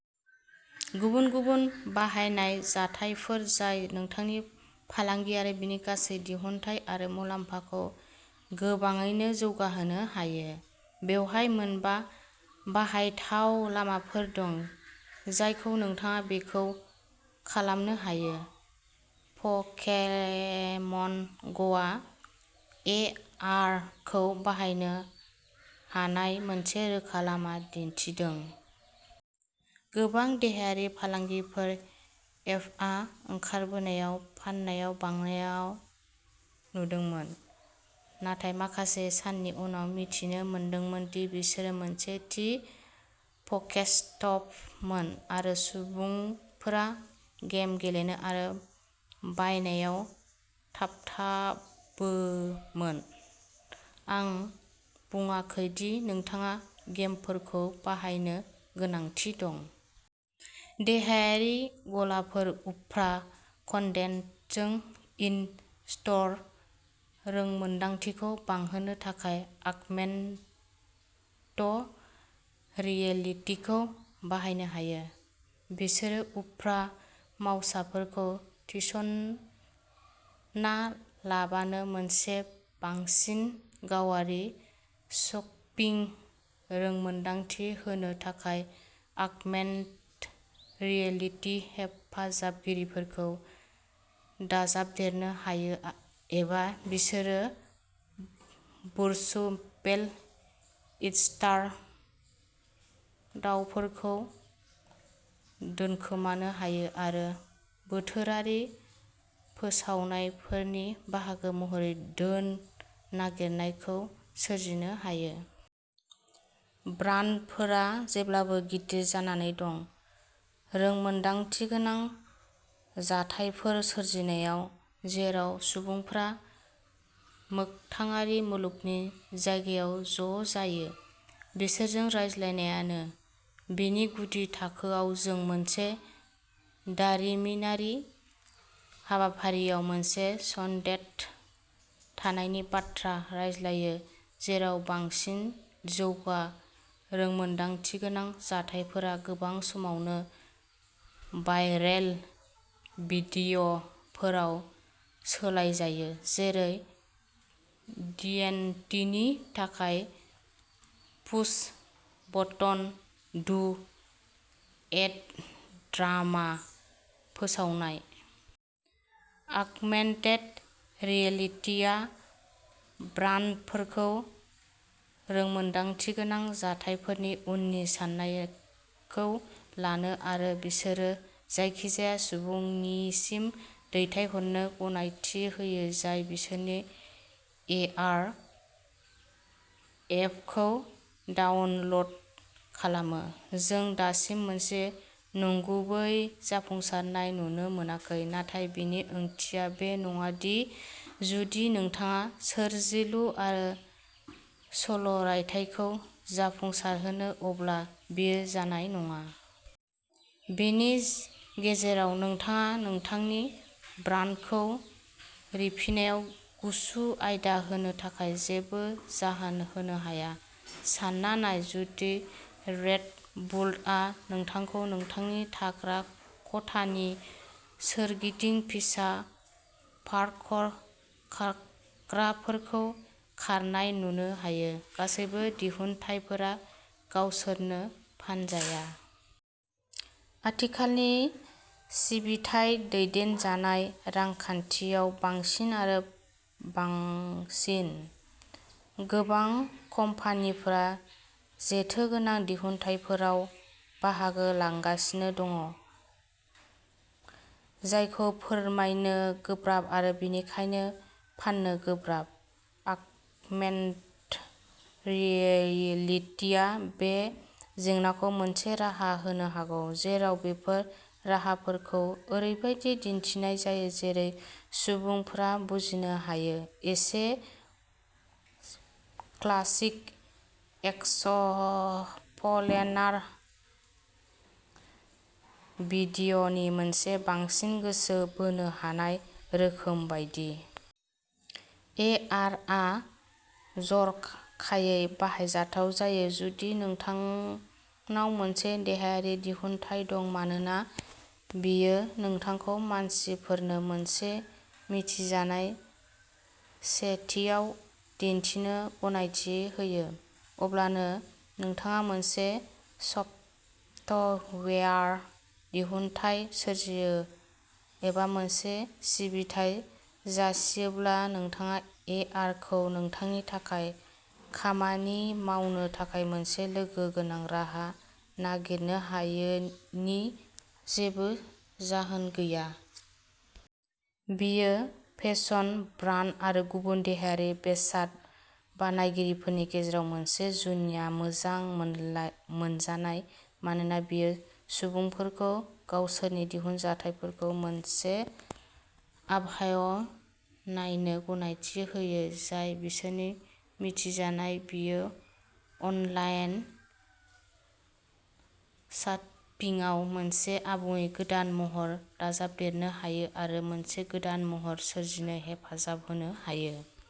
गुबुन-गुबुन बाहायनाय जाथायफोर जाय नोंथांनि फालांगि आरो बेनि गासै दिहुनथाइ आरो मुलाम्फाखौ गोबाङैनो जौगाहोनो हायो। बेवहाय मोनबा बाहायथाव लामाफोर दं जायखौ नोंथाङा बेखौ खालामनो हायो। पकेमन ग'आ ए आर खौ बाहायनो हानाय मोनसे रोखा लामा दिन्थिदों। गोबां देहायारि फालांगिफोर एपआ ओंखारबोनायाव फाननायाव बांनायाव नुदोंमोन, नाथाय माखासे साननि उनाव मिथिनो मोनदोंमोन दि बिसोर मोनसे थि पकेस्टपमोन आरो सुबुंफोरा गेम गेलेनो आरो बायनायाव थाबथाबोमोन। आं बुंङाखै दि नोंथाङा गेमफोरखौ बाहायनो गोनांथि दं। देहायारि गलाफोर उफ्रा कन्डेजों इन-स्ट'र रोंमोनदांथिखौ बांहोनो थाखाय आगमेनट रियेलिटिखौ बाहायनो हायो। बिसोरो उफ्रा मावसाफोरखौ थिसनालाबानो मोनसे बांसिन गावारि शपिं रोंमोनदांथि होनो थाखाय आगमेन्ट रियेलिटि हेफाजाबगिरिफोरखौ दाजाबदेरनो हायो आ एबा बिसोरो भर्चुवेल ईस्टार दावफोरखौ दोनखोमानो हायो आरो बोथोरारि फोसावनायफोरनि बाहागो महरै धोन नागिरनायखौ सोरजिनो हायो। ब्रान्डफोरा जेब्लाबो गिदिर जानानै दं। रोंमोन्दांथिगोनां जाथायफोर सोरजिनायाव जेराव सुबुंफोरा मोगथाङारि मुलुगनि जायगायाव ज'जायो बिसोरजों रायज्लायनायानो। बेनि गुदि थाखोआव, जों मोनसे दारिमिनारि हाबाफारियाव मोनसे सनडेट थानायनि बाथ्रा रायज्लायो, जेराव बांसिन जौगा रोंमोन्दांथिगोनां जाथायफोरा गोबां समावनो भाइरेल भिडिय'फोराव सोलायजायो, जेरै टिएनटिनि थाखाय push button to add drama फोसावनाय। आगमेन्टेड रियेलिटिआ ब्रान्डफोरखौ रोंमोन्दांथिगोनां जाथायफोरनि उननि साननायखौ लानो आरो बिसोरो जायखिजाया सुबुंनिसिम दैथायहरनो गनायथि होयो जाय बिसोरनि एआर एपखौ डाउनल'ड खालामो। जों दासिम मोनसे नंगुबै जाफुंसारनाय नुनो मोनाखै, नाथाय बेनि ओंथिया बे नङा दि जुदि नोंथाङा सोरजिलु आरो सल'रायथाइखौ जाफुंसारहोनो अब्ला बेयो जानाय नङा। बेनि गेजेराव, नोंथाङा नोंथांनि ब्रान्डखौ रिफिनायाव गुसु आयदा होनो थाखाय जेबो जाहोन होनो हाया। सानना नाय जुदि रेड बुलआ नोंथांखौ नोंथांनि थाग्रा खथानि सोरगिदिं फिसा पार्कर खारग्राफोरखौ खारनाय नुनो हायो। गासैबो दिहुनथायफोरा गावसोरनो फानजाया। आथिखालनि सिबिथाइ-दैदेनजानाय रांखान्थियाव, बांसिन आरो बांसिन। गोबां कम्पानिफोरा जेथो गोनां दिहुनथायफोराव बाहागो लांगासिनो दङ, जायखौ फोरमायनो गोब्राब आरो बेनिखायनो फाननो गोब्राब। आगमेन्ट रियेलिटिआ बे जेंनाखौ मोनसे राहा होनो हागौ, जेराव बेफोर राहाफोरखौ ओरैबायदि दिन्थिनाय जायो, जेरै सुबुंफोरा बुजिनो हायो, एसे क्लासिक एक्सपलेनार भिडिय'नि मोनसे बांसिन गोसो बोनो हानाय रोखोम बायदि। ए आर आ जर'खायै बाहायजाथाव जायो जुदि नोंथांनाव मोनसे देहायारि दिहुनथाय दं मानोना बेयो नोंथांखौ मानसिफोरनो मोनसे मिथिजानाय सेटिआव दिन्थिनो गनायथि होयो। अब्लानो, नोंथाङा मोनसे सफटवेयार दिहुनथाय सोरजियो एबा मोनसे सिबिथाइ जासियोब्ला, नोंथाङा ए आर खौ नोंथांनि थाखाय खामानि मावनो थाखाय मोनसे लोगो गोनां राहा नागिरनो हायोनि जेबो जाहोन गैया। बेयो फेसन ब्रान्ड आरो गुबुन देहायारि बेसाद बानायगिरिफोरनि गेजेराव मोनसे जुनिया मोजां मोनलाय मोनजानाय मानोना बेयो सुबुंफोरखौ गावसोरनि दिहुनजाथायफोरखौ मोनसे आबहाय नायनो गनायथि होयो जाय बिसोरनि मिथिजानाय। बेयो अनलाइन शापिंआव मोनसे आबुङै गोदान महर दाजाबदेरनो हायो आरो मोनसे गोदान महर सोरजिनो हेफाजाब होनो हायो।